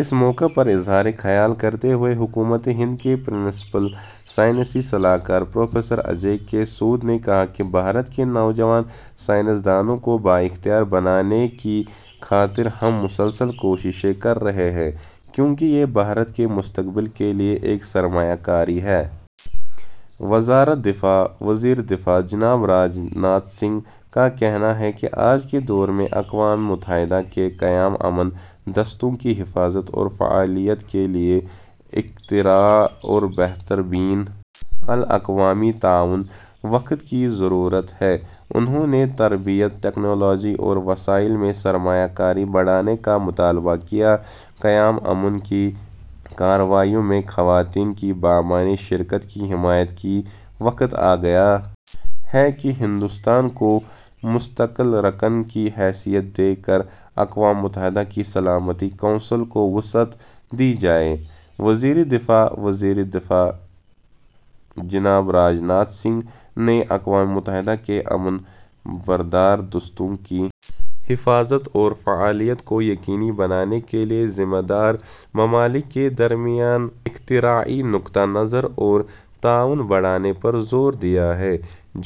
اس موقع پر اظہارخیال کرتے ہوئے ، حکومت ہند کے پرنسپل سائنسی صلاح کار ، پروفیسر اجے کے سود نے کہاکہ ''بھارت کے نوجوان سائنس دانوں کو بااختیاربنانے کی خاطرہم مسلسل کوششیں کررہے ہیں کیونکہ یہ بھارت کےمستقبل کے لئے ایک سرمایہ کاری ہے۔ ''. وزارت دفاع وزیر دفاع جناب راج ناتھ سنگھ کا کہنا ہے کہ آج کے دور میں اقوام متحدہ کے قیام امن دستوں کی حفاظت اور فعالیت کے لیے اختراع اور بہتر بین الاقوامی تعاون وقت کی ضرورت ہے انہوں نے تربیت، ٹیکنالوجی اور وسائل میں سرمایہ کاری بڑھانے کا مطالبہ کیا؛ قیام امن کی کارروائیوں میں خواتین کی بامعنی شرکت کی حمایت کی وقت آگیا ہے کہ ہندوستان کو مستقل رکن کی حیثیت دے کراقوام متحدہ کی سلامتی کونسل کو وسعت دی جائے: وزیردفاع وزیر دفاع جناب راج ناتھ سنگھ نے اقوام متحدہ کے امن بردار دستوں کی حفاظت اور فعالیت کو یقینی بنانے کے لیے ذمہ دار ممالک کے درمیان اختراعی نقطہ نظر اور تعاون بڑھانے پر زور دیا ہے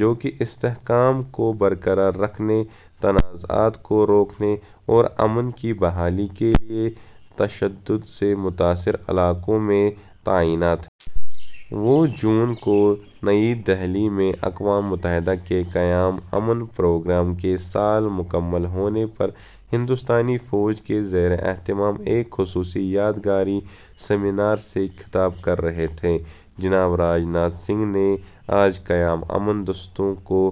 جو کہ استحکام کو برقرار رکھنے، تنازعات کو روکنے اور امن کی بحالی کے لیے تشدد سے متاثرہ علاقوں میں تعینات ہیں۔ وہ جون کو نئی دہلی میں اقوام متحدہ کے قیام امن پروگرام کے سال مکمل ہونے پر ہندوستانی فوج کے زیر اہتمام ایک خصوصی یادگاری سیمینار سے خطاب کر رہے تھے۔ جناب راج ناتھ سنگھ نے آج قیام امن دستوں کو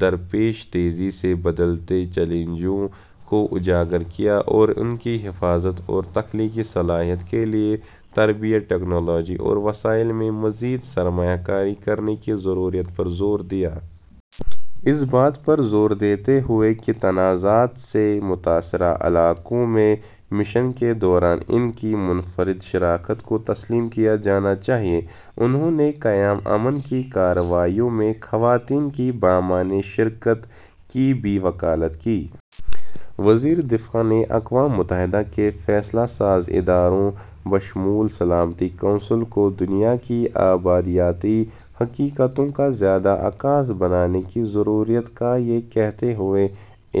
درپیش تیزی سے بدلتے چیلنجوں کو اجاگر کیا اور ان کی حفاظت اور تخلیقی صلاحیت کے لیے تربیت، ٹیکنالوجی اور وسائل میں مزید سرمایہ کاری کرنے کی ضرورت پر زور دیا۔ ، اس بات پر زور دیتے ہوئے کہ تنازعات سے متاثرہ علاقوں میں مشن کے دوران ان کی منفرد شراکت کو تسلیم کیا جانا چاہیے، انہوں نے قیام امن کی کارروائیوں میں خواتین کی بامعنی شرکت کی بھی وکالت کی۔ وزیر دفاع نے اقوام متحدہ کے فیصلہ ساز اداروں بشمول سلامتی کونسل کو دنیا کی آبادیاتی حقیقتوں کا زیادہ عکاس بنانے کی ضرورت کا یہ کہتے ہوئے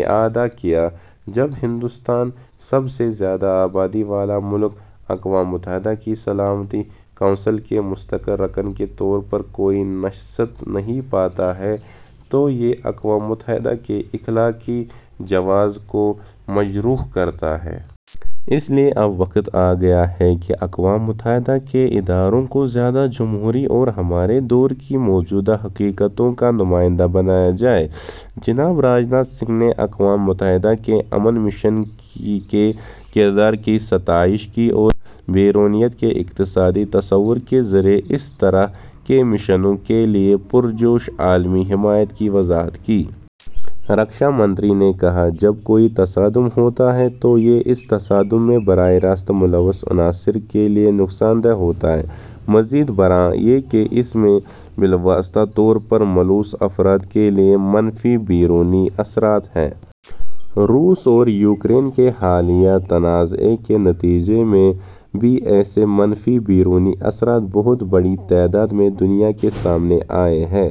اعادہ کیا۔ ''جب ہندوستان، سب سے زیادہ آبادی والا ملک، اقوام متحدہ کی سلامتی کونسل کے مستقل رکن کے طور پر کوئی نشست نہیں پاتا ہے، تو یہ اقوام متحدہ کے اخلاقی جواز کو مجروح کرتا ہے۔ اس لیے اب وقت آگیا ہے کہ اقوام متحدہ کے اداروں کو زیادہ جمہوری اور ہمارے دور کی موجودہ حقیقتوں کا نمائندہ بنایا جائے''۔ جناب راج ناتھ سنگھ نے اقوام متحدہ کے امن مشن کے کردار کی ستائش کی اور 'بیرونیت' کے اقتصادی تصور کے ذریعے اس طرح کے مشنوں کے لیے پرجوش عالمی حمایت کی وضاحت کی۔ رکشا منتری نے کہا ''جب کوئی تصادم ہوتا ہے، تو یہ اس تصادم میں براہ راست ملوث عناصر کے لیے نقصان دہ ہوتا ہے۔ مزید برآں یہ کہ اس میں بالواسطہ طور پر ملوث افراد کے لیے منفی بیرونی اثرات ہیں۔ روس اور یوکرین کے حالیہ تنازعےکے نتیجے میں بھی ایسے منفی بیرونی اثرات بہت بڑی تعداد میں دنیا کے سامنے آئے ہیں۔